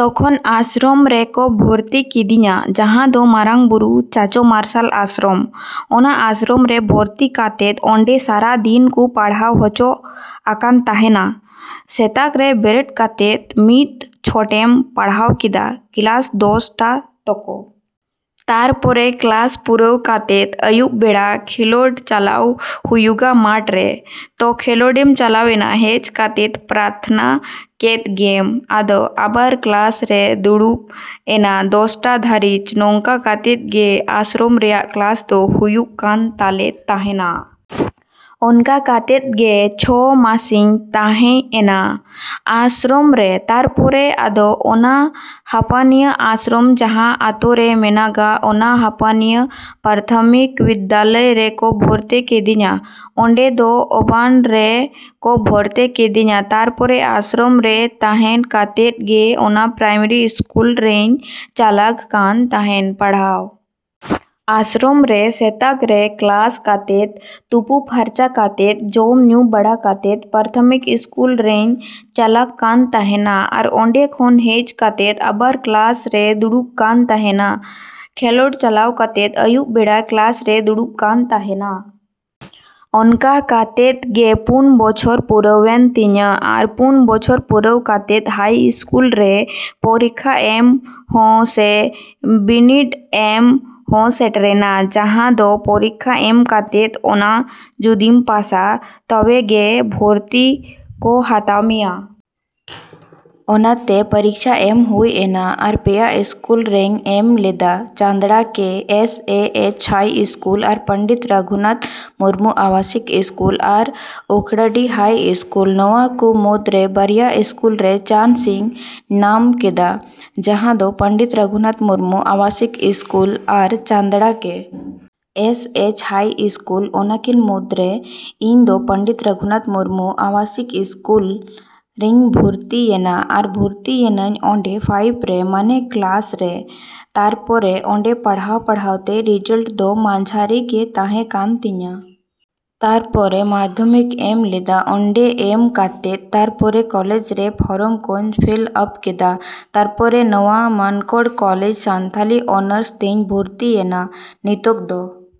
ᱛᱚᱠᱷᱚᱱ ᱟᱥᱨᱚᱢ ᱨᱮᱠᱚ ᱵᱷᱚᱨᱛᱤ ᱠᱤᱫᱤᱧᱟ, ᱡᱟᱦᱟᱸ ᱫᱚ ᱢᱟᱨᱟᱝᱵᱩᱨᱩ ᱪᱟᱪᱳ ᱢᱟᱨᱥᱟᱞ ᱟᱥᱨᱚᱢ᱾ ᱚᱱᱟ ᱟᱥᱨᱚᱢ ᱨᱮ ᱵᱷᱚᱨᱛᱤ ᱠᱟᱛᱮᱫ ᱚᱸᱰᱮ ᱥᱟᱨᱟ ᱫᱤᱱ ᱠᱚ ᱯᱟᱲᱦᱟᱣ ᱦᱚᱪᱚ ᱟᱠᱟᱱ ᱛᱟᱦᱮᱱᱟ᱾ ᱥᱮᱛᱟᱜ ᱨᱮ ᱵᱮᱨᱮᱫ ᱠᱟᱛᱮᱫ ᱢᱤᱫ ᱪᱷᱚᱴᱮᱢ ᱯᱟᱲᱦᱟᱣ ᱠᱮᱫᱟ, ᱠᱞᱟᱥ ᱫᱚᱥᱴᱟ ᱛᱚᱠᱚ᱾ ᱛᱟᱨᱯᱚᱨᱮ ᱠᱞᱟᱥ ᱯᱩᱨᱟᱹᱣ ᱠᱟᱛᱮᱫ ᱟᱹᱭᱩᱵ ᱵᱮᱲᱟ ᱠᱷᱮᱞᱳᱰ ᱪᱟᱞᱟᱣ ᱦᱩᱭᱩᱜᱼᱟ ᱢᱟᱴᱷᱨᱮ᱾ ᱛᱚ ᱠᱷᱮᱞᱳᱰᱮᱢ ᱪᱟᱞᱟᱣᱮᱱᱟ, ᱦᱮᱡ ᱠᱟᱛᱮᱫ ᱯᱟᱨᱛᱷᱚᱱᱟ ᱠᱮᱫ ᱜᱮᱢ᱾ ᱟᱫᱚ ᱟᱵᱟᱨ ᱠᱞᱟᱥ ᱨᱮᱢ ᱫᱩᱲᱩᱵ ᱮᱱᱟ ᱫᱚᱥᱴᱟ ᱫᱷᱟ.ᱨᱤᱡ᱾ ᱱᱚᱝᱠᱟ ᱠᱟᱛᱮᱫ ᱜᱮ ᱟᱥᱨᱚᱢ ᱨᱮᱭᱟᱜ ᱠᱞᱟᱥ ᱫᱚ ᱦᱩᱭᱩᱜ ᱠᱟᱱ ᱛᱟᱞᱮ ᱛᱟᱦᱮᱱᱟ᱾ ᱚᱱᱠᱟ ᱠᱟᱛᱮᱫ ᱜᱮ ᱪᱷᱚ ᱢᱟᱥᱤᱧ ᱛᱟᱦᱮᱸᱭ ᱮᱱᱟ ᱟᱥᱨᱚᱢ ᱨᱮ᱾ ᱛᱟᱨᱯᱚᱨᱮ ᱟᱫᱚ ᱚᱱᱟ ᱦᱟᱹᱯᱟᱹᱱᱤᱭᱟᱹ ᱟᱥᱨᱚᱢ ᱡᱟᱦᱟᱸ ᱟᱛᱳ ᱨᱮ ᱢᱮᱱᱟᱜᱼᱟ, ᱚᱱᱟ ᱦᱟᱹᱯᱟᱹᱱᱤᱭᱟᱹ ᱯᱨᱟᱛᱷᱚᱢᱤᱠ ᱵᱤᱫᱽᱫᱟᱞᱚᱭ ᱨᱮᱠᱚ ᱵᱷᱚᱨᱛᱤ ᱠᱤᱫᱤᱧᱟ᱾ ᱚᱸᱰᱮ ᱫᱚ ᱚᱣᱟᱱ ᱨᱮᱠᱚ ᱵᱷᱚᱨᱛᱤ ᱠᱤᱫᱤᱧᱟ᱾ ᱛᱟᱨᱯᱚᱨᱮ ᱟᱥᱨᱚᱢ ᱨᱮ ᱛᱟᱦᱮᱸ ᱠᱟᱛᱮᱫ ᱜᱮ ᱚᱱᱟ ᱯᱨᱟᱭᱢᱟᱨᱤ ᱥᱠᱩᱞ ᱨᱤᱧ ᱪᱟᱞᱟᱜ ᱠᱟᱱ ᱛᱟᱦᱮᱱᱟ ᱯᱟᱲᱦᱟᱣ᱾ ᱟᱥᱨᱚᱢ ᱨᱮ ᱥᱮᱛᱟᱜ ᱨᱮ ᱠᱞᱟᱥ ᱠᱟᱛᱮᱫ, ᱛᱩᱯᱩ ᱯᱷᱟᱨᱪᱟ ᱠᱟᱛᱮᱫ, ᱡᱚᱢ ᱧᱩ ᱵᱟᱲᱟ ᱠᱟᱛᱮᱫ ᱯᱨᱟᱛᱷᱚᱢᱤᱠ ᱤᱥᱠᱩᱞ ᱨᱤᱧ ᱪᱟᱞᱟᱜ ᱠᱟᱱ ᱛᱟᱦᱮᱱᱟ᱾ ᱟᱨ ᱚᱸᱰᱮ ᱠᱷᱚᱱ ᱦᱮᱡ ᱠᱟᱛᱮᱫ ᱟᱵᱟᱨ ᱠᱞᱟᱥ ᱨᱮ ᱫᱩᱲᱩᱵ ᱠᱟᱱ ᱛᱟᱦᱮᱱᱟ᱾ ᱠᱷᱮᱞᱳᱰ ᱪᱟᱞᱟᱣ ᱠᱟᱛᱮᱫ ᱟᱹᱭᱩᱵ ᱵᱮᱲᱟ ᱠᱞᱟᱥ ᱨᱮ ᱫᱩᱲᱩᱵ ᱠᱟᱱ ᱛᱟᱦᱮᱱᱟ᱾ ᱚᱱᱠᱟ ᱠᱟᱛᱮᱫ ᱜᱮ ᱯᱩᱱ ᱵᱚᱪᱷᱚᱨ ᱯᱩᱨᱟᱹᱣᱮᱱ ᱛᱤᱧᱟ᱾ ᱟᱨ ᱯᱩᱱ ᱵᱚᱪᱷᱚᱨ ᱯᱩᱨᱟᱹᱣ ᱠᱟᱛᱮᱫ ᱦᱟᱭ ᱤᱥᱠᱩᱞ ᱨᱮ ᱯᱚᱨᱤᱠᱠᱷᱟ ᱮᱢ ᱦᱚᱸ ᱥᱮ ᱵᱤᱱᱤᱰ ᱮᱢ ᱦᱚᱸ ᱥᱮᱴᱮᱨᱮᱱᱟ, ᱡᱟᱦᱟᱸ ᱫᱚ ᱯᱚᱨᱤᱠᱠᱷᱟ ᱮᱢ ᱠᱟᱛᱮᱫ ᱚᱱᱟ ᱡᱩᱫᱤᱢ ᱯᱟᱥᱟ ᱛᱚᱵᱮ ᱜᱮ ᱵᱷᱚᱨᱛᱤ ᱠᱚ ᱦᱟᱛᱟᱣ ᱢᱮᱭᱟ, ᱾ ᱚᱱᱟᱛᱮ ᱯᱚᱨᱤᱠᱠᱷᱟ ᱮᱢ ᱦᱩᱭ ᱮᱱᱟ᱾ ᱟᱨ ᱯᱮᱭᱟ ᱤᱥᱠᱩᱞ ᱨᱤᱧ ᱮᱢ ᱞᱮᱫᱟ Chandra K. S. H. High school, ᱟᱨ ᱯᱚᱱᱰᱤᱛ ᱨᱩᱜᱷᱩᱱᱟᱛᱷ ᱢᱩᱨᱢᱩ ᱟᱵᱟᱥᱤᱠ ᱤᱥᱠᱩᱞ, ᱟᱨ ᱩᱠᱷᱲᱟᱹᱰᱤ ᱦᱟᱭ ᱤᱥᱠᱩᱞ᱾ ᱱᱚᱣᱟ ᱠᱚ ᱢᱩᱫᱽᱨᱮ ᱵᱟᱨᱭᱟ ᱤᱥᱠᱩᱞ ᱨᱮ ᱪᱟᱱᱥᱤᱧ ᱧᱟᱢ ᱠᱮᱫᱟ, ᱡᱟᱦᱟᱸ ᱫᱚ ᱯᱚᱱᱰᱤᱛ ᱨᱚᱜᱷᱩᱱᱟᱛᱷ ᱢᱩᱨᱢᱩ ᱟᱵᱟᱥᱤᱠ ᱤᱥᱠᱩᱞ ᱟᱨ Chandra K. S. H. High school. ᱚᱱᱟ ᱠᱤᱱ ᱢᱩᱫᱽᱨᱮ ᱤᱧ ᱫᱚ ᱯᱚᱱᱰᱤᱛ ᱨᱩᱜᱷᱩᱱᱟᱛᱷ ᱢᱩᱨᱢᱩ ᱟᱵᱟᱥᱤᱠ ᱤᱥᱠᱩᱞ ᱨᱤᱧ ᱵᱷᱚᱨᱛᱤᱭᱮᱱᱟ᱾ ᱟᱨ ᱵᱷᱚᱨᱛᱤᱭᱮᱱᱟᱹᱧ ᱚᱸᱰᱮ ᱯᱷᱟᱭᱤᱵᱷ ᱨᱮ, ᱢᱚᱬᱮ ᱠᱞᱟᱥ ᱨᱮ᱾ ᱛᱟᱨᱯᱚᱨᱮ ᱚᱸᱰᱮ ᱯᱟᱲᱦᱟᱣᱼᱯᱟᱲᱦᱟᱣᱛᱮ ᱨᱮᱡᱟᱞᱴ ᱫᱚ ᱢᱟᱡᱷᱟᱨᱤ ᱜᱮ ᱛᱟᱦᱮᱸ ᱠᱟᱱ ᱛᱤᱧᱟ᱾ ᱛᱟᱨᱯᱚᱨᱮ ᱢᱟᱫᱽᱫᱷᱚ ᱢᱤᱠᱤᱧ ᱮᱢ ᱞᱮᱫᱟ᱾ ᱚᱸᱰᱮ ᱮᱢ ᱠᱟᱛᱮᱫ ᱛᱟᱨᱯᱚᱨᱮ ᱠᱚᱞᱮᱡᱽ ᱨᱮ ᱯᱷᱚᱨᱚᱢ ᱠᱚᱧ ᱯᱷᱤᱞᱟᱯ ᱠᱮᱫᱟ᱾ ᱛᱟᱨᱯᱚᱨᱮ ᱱᱚᱣᱟ ᱢᱟᱱᱠᱚᱲ ᱠᱚᱞᱮᱡᱽ ᱥᱟᱱᱛᱟᱲᱤ ᱚᱱᱟᱨᱥ ᱛᱤᱧ ᱵᱷᱚᱨᱛᱤᱭᱮᱱᱟ ᱱᱤᱛᱚᱜ ᱫᱚ᱾